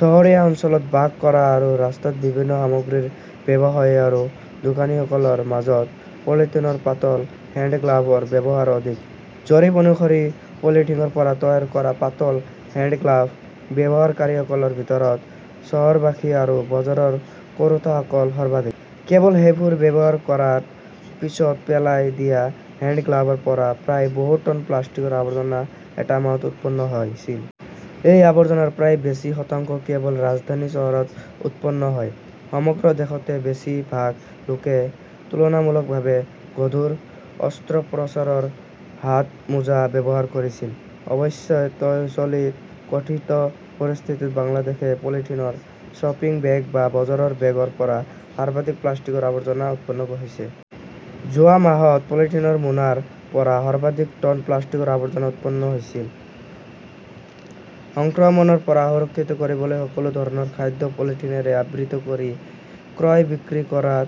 চহৰীয়া অঞ্চলত বাস কৰা আৰু ৰাস্তাত বিভিন্ন সামগ্ৰীৰ ব্যৱসায়ী আৰু দোকানীসকলৰ মাজত পলিথিনৰ পাতল হেণ্ডগ্লাভৰ ব্যৱহাৰ অধিক। জৰীপ অনুসৰি পলিথিনৰ পৰা তৈয়াৰ কৰা পাতল হেণ্ডগ্লাভ ব্যৱহাৰকাৰীসকলৰ ভিতৰত চহৰবাসী আৰু বজাৰ কৰোঁতাসকল সৰ্বাধিক। কেৱল সেইবোৰ ব্যৱহাৰ কৰাৰ পিছত পেলাই দিয়া হেণ্ডগ্লাভৰ পৰা প্ৰায় বহু টন প্লাষ্টিকৰ আৱৰ্জনা এটা মাহত উৎপন্ন হৈছিল। এই আৱৰ্জনাৰ প্ৰায় বেছি শতাংশ কেৱল ৰাজধানী চহৰত উৎপন্ন হয়। সমগ্ৰ দেশতে বেছি ভাগ লোকে তুলনামূলকভাৱে গধুৰ অস্ত্ৰোপচাৰৰ হাতমোজা ব্যৱহাৰ কৰিছিল। অৱশ্যে চলিত ক'ভিড পৰিস্থিতিত বাংলাদেশত পলিথিনৰ শ্বপিং বেগ বা বজাৰৰ বেগৰ পৰা সৰ্বাধিক প্লাষ্টিকৰ আৱৰ্জনা উৎপন্ন হৈছে। যোৱা মাহত পলিথিনৰ মোনাৰ পৰা সৰ্বাধিক টন প্লাষ্টিকৰ আৱৰ্জনা উৎপন্ন হৈছিল। সংক্ৰমণৰ পৰা সুৰক্ষিত কৰিবলৈ সকলো ধৰণৰ খাদ্য পলিথিনৰে আবৃত কৰি ক্ৰয় বিক্ৰী কৰাৰ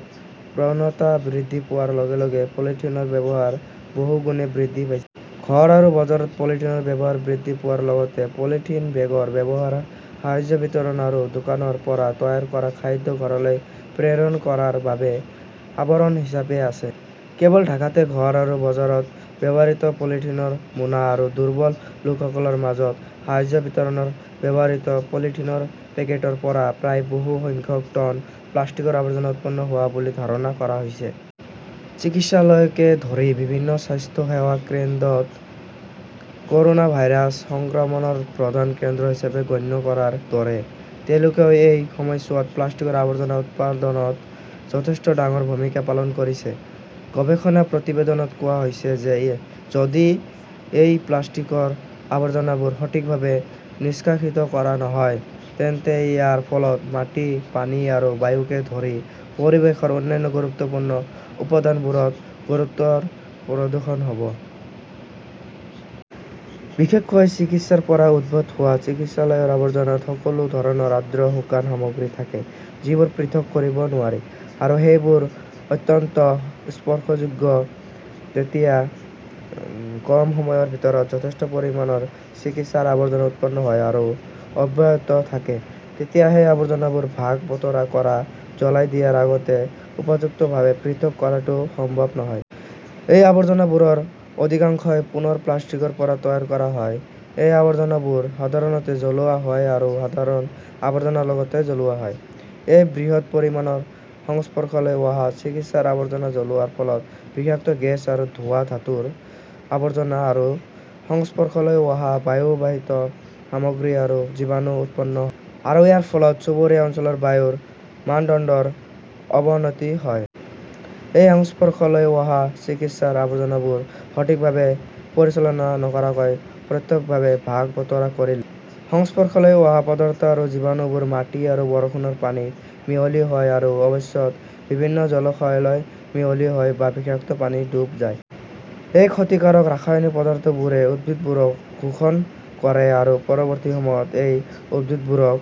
প্ৰৱণতা বৃদ্ধি পোৱাৰ লগে লগে পলিথিনৰ ব্যৱহাৰ বহুগুণে বৃদ্ধি পাইছে। ঘৰ আৰু বজাৰত পলিথিনৰ ব্যৱহাৰ বৃদ্ধি পোৱাৰ লগতে পলিথিন বেগৰ ব্যৱহাৰ সাহায্য বিতৰণ আৰু দোকানৰ পৰা তৈয়াৰ কৰা খাদ্য ঘৰলৈ প্ৰেৰণ কৰাৰ বাবে আৱৰণ হিচাপে আছে। কেৱল ঢাকাতে ঘৰ আৰু বজাৰত ব্যৱহৃত পলিথিনৰ মোনা আৰু দুৰ্বল লোকসকলৰ মাজত সাহায্য বিতৰণত ব্যৱহৃত পলিথিনৰ পেকেটৰ পৰা প্ৰায় বহু সংখ্যক টন প্লাষ্টিকৰ আৱৰ্জনা উৎপন্ন হোৱা বুলি ধাৰণা কৰা হৈছে। চিকিৎসালয়কে ধৰি বিভিন্ন স্বাস্থ্যসেৱা কেন্দ্ৰক ক'ৰোনা ভাইৰাছ সংক্ৰমণৰ প্ৰধান কেন্দ্ৰ হিচাপে গণ্য কৰাৰ দৰে। তেওঁলোকেও এই সময়ছোৱাত প্লাষ্টিকৰ আৱৰ্জনা উৎপাদনত যথেষ্ট ডাঙৰ ভূমিকা পালন কৰিছে। গৱেষণা প্ৰতিবেদনত কোৱা হৈছে যে যদি এই প্লাষ্টিকৰ আৱৰ্জনাবোৰ সঠিকভাৱে নিষ্কাশিত কৰা নহয়, তেন্তে ইয়াৰ ফলত মাটি, পানী আৰু বায়ুকে ধৰি পৰিৱেশৰ অন্যান্য গুৰুত্বপূৰ্ণ উপাদানবোৰত গুৰুতৰ প্ৰদূষণ হ'ব। বিশেষকৈ চিকিৎসাৰ পৰা উদ্ভৱ হোৱা চিকিৎসালয়ৰ আৱৰ্জনাত সকলো ধৰণৰ আৰ্দ্ৰ শুকান সামগ্ৰী থাকে যিবোৰ পৃথক কৰিব নোৱাৰি, আৰু সেইবোৰ অত্যন্ত স্পৰ্শযোগ্য। যেতিয়া কম সময়ৰ ভিতৰত যথেষ্ট পৰিমাণৰ চিকিৎসাৰ আৱৰ্জনা উৎপন্ন হয় আৰু অব্যাহত থাকে, তেতিয়া সেই আৱৰ্জনাবোৰ ভাগ-বতৰা কৰা বা জ্বলাই দিয়াৰ আগতে উপযুক্তভাৱে পৃথক কৰাটো সম্ভৱ নহয়। এই আৱৰ্জনাবোৰৰ অধিকাংশই পুনৰ প্লাষ্টিকৰ পৰা তৈয়াৰ কৰা হয়। এই আৱৰ্জনাবোৰ সাধাৰণতে জ্বলোৱা হয় আৰু সাধাৰণ আৱৰ্জনাৰ লগতে জ্বলোৱা হয়। এই বৃহৎ পৰিমাণৰ সংস্পৰ্শলৈ অহা চিকিৎসাৰ আৱৰ্জনা জ্বলোৱাৰ ফলত বিষাক্ত গেছ আৰু ধোঁৱা, ধাতুৰ আৱৰ্জনা আৰু সংস্পৰ্শলৈ অহা বায়ুবাহিত সামগ্ৰী আৰু জীৱাণু উৎপন্ন হয়, আৰু ইয়াৰ ফলত চুবুৰীয়া অঞ্চলৰ বায়ুৰ মানদণ্ডৰ অৱনতি হয়। এই সংস্পৰ্শলৈ অহা চিকিৎসাৰ আৱৰ্জনাবোৰ সঠিকভাৱে পৰিচালনা নকৰাকৈ প্ৰত্যক্ষভাৱে ভাগ-বতৰা কৰিলে, সংস্পৰ্শলৈ অহা পদাৰ্থ আৰু জীৱাণুবোৰ মাটি আৰু বৰষুণৰ পানীত মিহলি হয় আৰু অৱশেষত বিভিন্ন জলাশয়ত মিহলি হয় বা বিষাক্ত পানীত ডুব যায়। এই ক্ষতিকাৰক ৰাসায়নিক পদাৰ্থবোৰে উদ্ভিদবোৰক শোষণ কৰে আৰু পৰৱৰ্তী সময়ত এই উদ্ভিদবোৰক